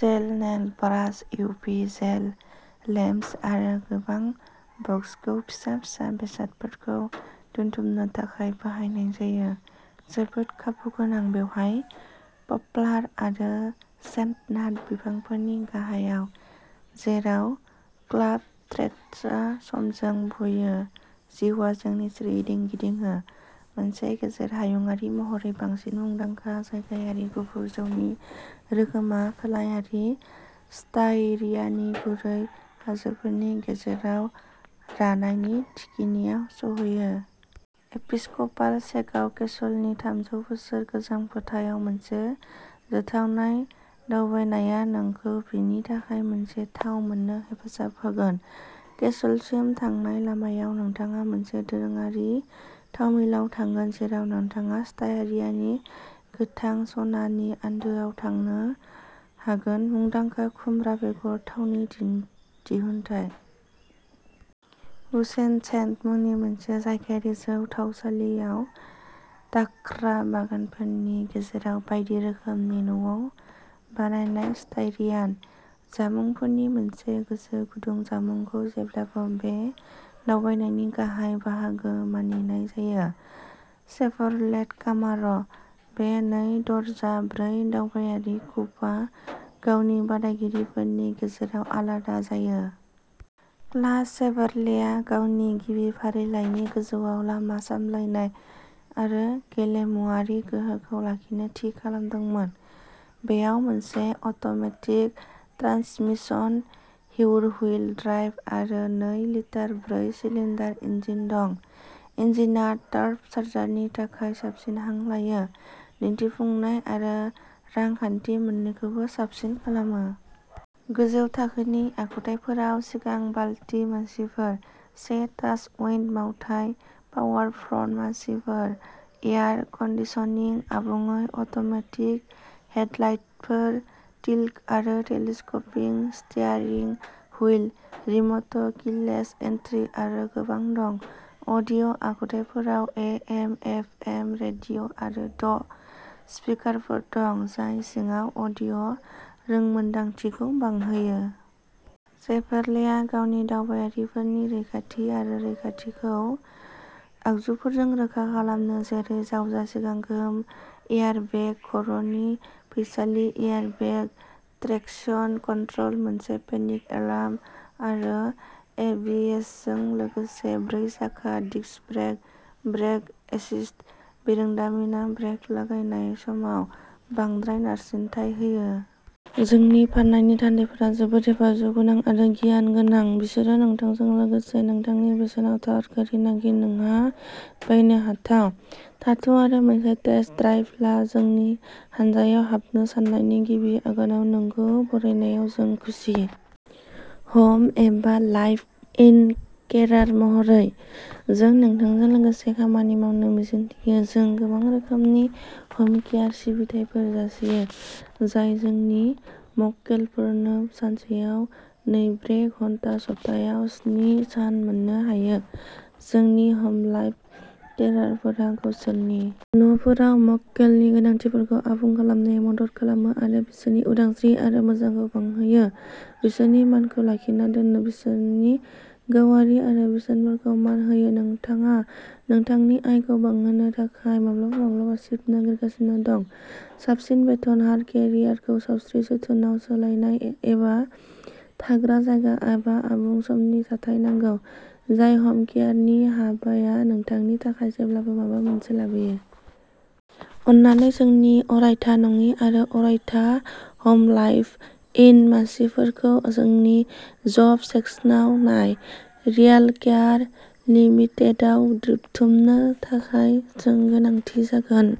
जेल, nail brush, UV gel lamps आरो गोबां बक्सखौ फिसा फिसा बेसादफोरखौ दोनथुमनो थाखाय बाहायनाय जायो, जोबोद खाबुगोनां बेवहाय, पप्लार आरो चेस्टनाट बिफांफोरनि गाहायाव, जेराव क्लाप'टेट्जआ समखौ बुयो, जिउआ जौनि सोरगिदिं गिदिङो। मोनसे गेजेर हायुङारि महरै बांसिन मुंदांखा जायगायारि गुफुर जौनि रोखोमआ खोलायारि स्टायरियानि गुरै हाजोफोरनि गेजेराव रानायनि थिखिनियाव सौहैयो। एपिस्क'पाल सेगाउ केसलनि थामजौ बोसोर गोजाम खथायाव मोनसे जौथावनाय दावबायनाया नोंखौ बेनि थाखाय मोनसे थाव मोननो हेफाजाब होगोन। केसलसिम थांनाय लामायाव नोंथाङा मोनसे दोरोङारि थावमिलआव थांगोन जेराव नोंथाङा स्टायरियानि गोथां सना नि आन्दोआव थांनो हागोनमुंदांखा खुमब्रा बेगर थावनि दिहुनथाय। बुशेनशेन्क मुंनि मोनसे जायगायारि जौ थावसालिआव दाख्रा बागानफोरनि गेजेराव बायदि रोखोमनि न'आव बानायनाय स्टायरियान जामुंफोरनि मोनसे गोसो गुदुं जामुंखौ जेब्लाबो बे दावबायनायनि गाहाय बाहागो मानिनाय जायो। शेभरलेट कामार'। बे नै दरजा, ब्रै दावबायारि कुपआ गावनि बादायगिरिफोरनि गेजेराव आलादा जायो। क्लास शेभरलेया गावनि गिबि फारिलाइनि गोजौआव लामा सामलायनाय आरो गेलेमुआरि गोहोखौ लाखिनो थि खालामदोंमोन। बेयाव मोनसे अट'मेटिक ट्रान्समिसन, रियरहुइल ड्राइभ आरो नै लिटार ब्रै सिलिन्डार इन्जिन दं। इन्जिनआ टार्ब' चार्जारनि थाखाय साबसिन हां लायो, दिन्थिफुंनाय आरो रांखान्थि मोननैखौबो साबसिन खालामो। गोजौ थाखोनि आखुथायफोराव सिगां बालति मासिफोर, से टाच पइन्ड' मावथाय, पावार फ्रन्ट मासिफोर, एयार कन्दिसनिं, आबुङै अट'मेटिक हेडलाइटफोर, टिल्ट आरो telescoping steering wheel, remote keyless entry आरो गोबां दं। अडिय' आखुथायफोराव ए एम एफ एम रेडिय'आरो द’ स्पिकारफोर दं, जाय सिङाव अडिय' रोंमोन्दांथिखौ बांहोयो। शेभरलेआ गावनि दावबायारिफोरनि रैखाथि आरो रैखाथिखौ आगजुफोरजों रोखा खालामो जेरै जावजा सिगां गोहोम एयारबेग, खर'नि फैसालि एयारबेग, ट्रेक्शन कन्ट्रल, मोनसे पेनिक एलार्म आरो एबिएसजों लोगोसे ब्रै साखा डिस्क ब्रेक। ब्रेक एसिस्ट बिरोंदामिनआ ब्रेक लागायनाय समाव बांद्राय नारसिनथाय होयो। जोंनि फाननायनि थान्दैफोरा जोबोद हेफाजाबगोनां आरो गियान गोनां। बिसोर नोंथांजों लोगोसे नोंथांनि बेसेनाव थार गारि नागिर नोंहा बायनो हाथाव। थाथ' आरो मोनसे टेस्ट ड्राइभ ला जोंनि हानजायाव हाबनो साननायनि गिबि आगानाव नोंखौ बरायनायाव जों खुसि। हम एबा लाइभ इन केरार महरै, जों नोंथांजों लोगोसे खामानि मावनो मिजिंथियो जों गोबां रोखोमनि हमकेयार सिबिथाइफोर जासियो, जाय जोंनि मक्केलफोरनो सानसेयाव नैब्रै घन्टा, सप्तायाव स्नि सान मोननो हायो। जोंनि हमलाइभ केरारफोरा गावसोरनि न'फोराव मक्केलनि गोनांथिफोरखौ आबुं खालामनायाव मदद खालामो आरो बिसोरनि उदांस्रि आरो मोजांखौ बांहोयो, बिसोरनि मानखौ लाखिना दोनो, बिसोरनि गावारि आरो बेसेनफोरखौ मान होयो, नोंथाङा नोंथांनि आयखौ बांहोनो थाखाय माब्लाबा माब्लाबा सिफ्ट नागिरगासिनो दं, साबसिन बेथन हार, केरियारखौ सावस्रि जोथोनआव सोलायनाय एबा थाग्रा जायगा एबा आबुं समनि थाथाय नांगौ, जाय हमकेयारनि हाबाया नोंथांनि थाखाय जेब्लाबो माबा मोनसे लाबोयो। अननानै जोंनि अरायथा नङि आरो अरायथा हमलाइभ इन मासिफोरखौ जोंनि जब सेक्सनाव नाय। रियालकेयार लिमिटेडआव रेबथुमनो थाखाय जों गोनांथि जागोन।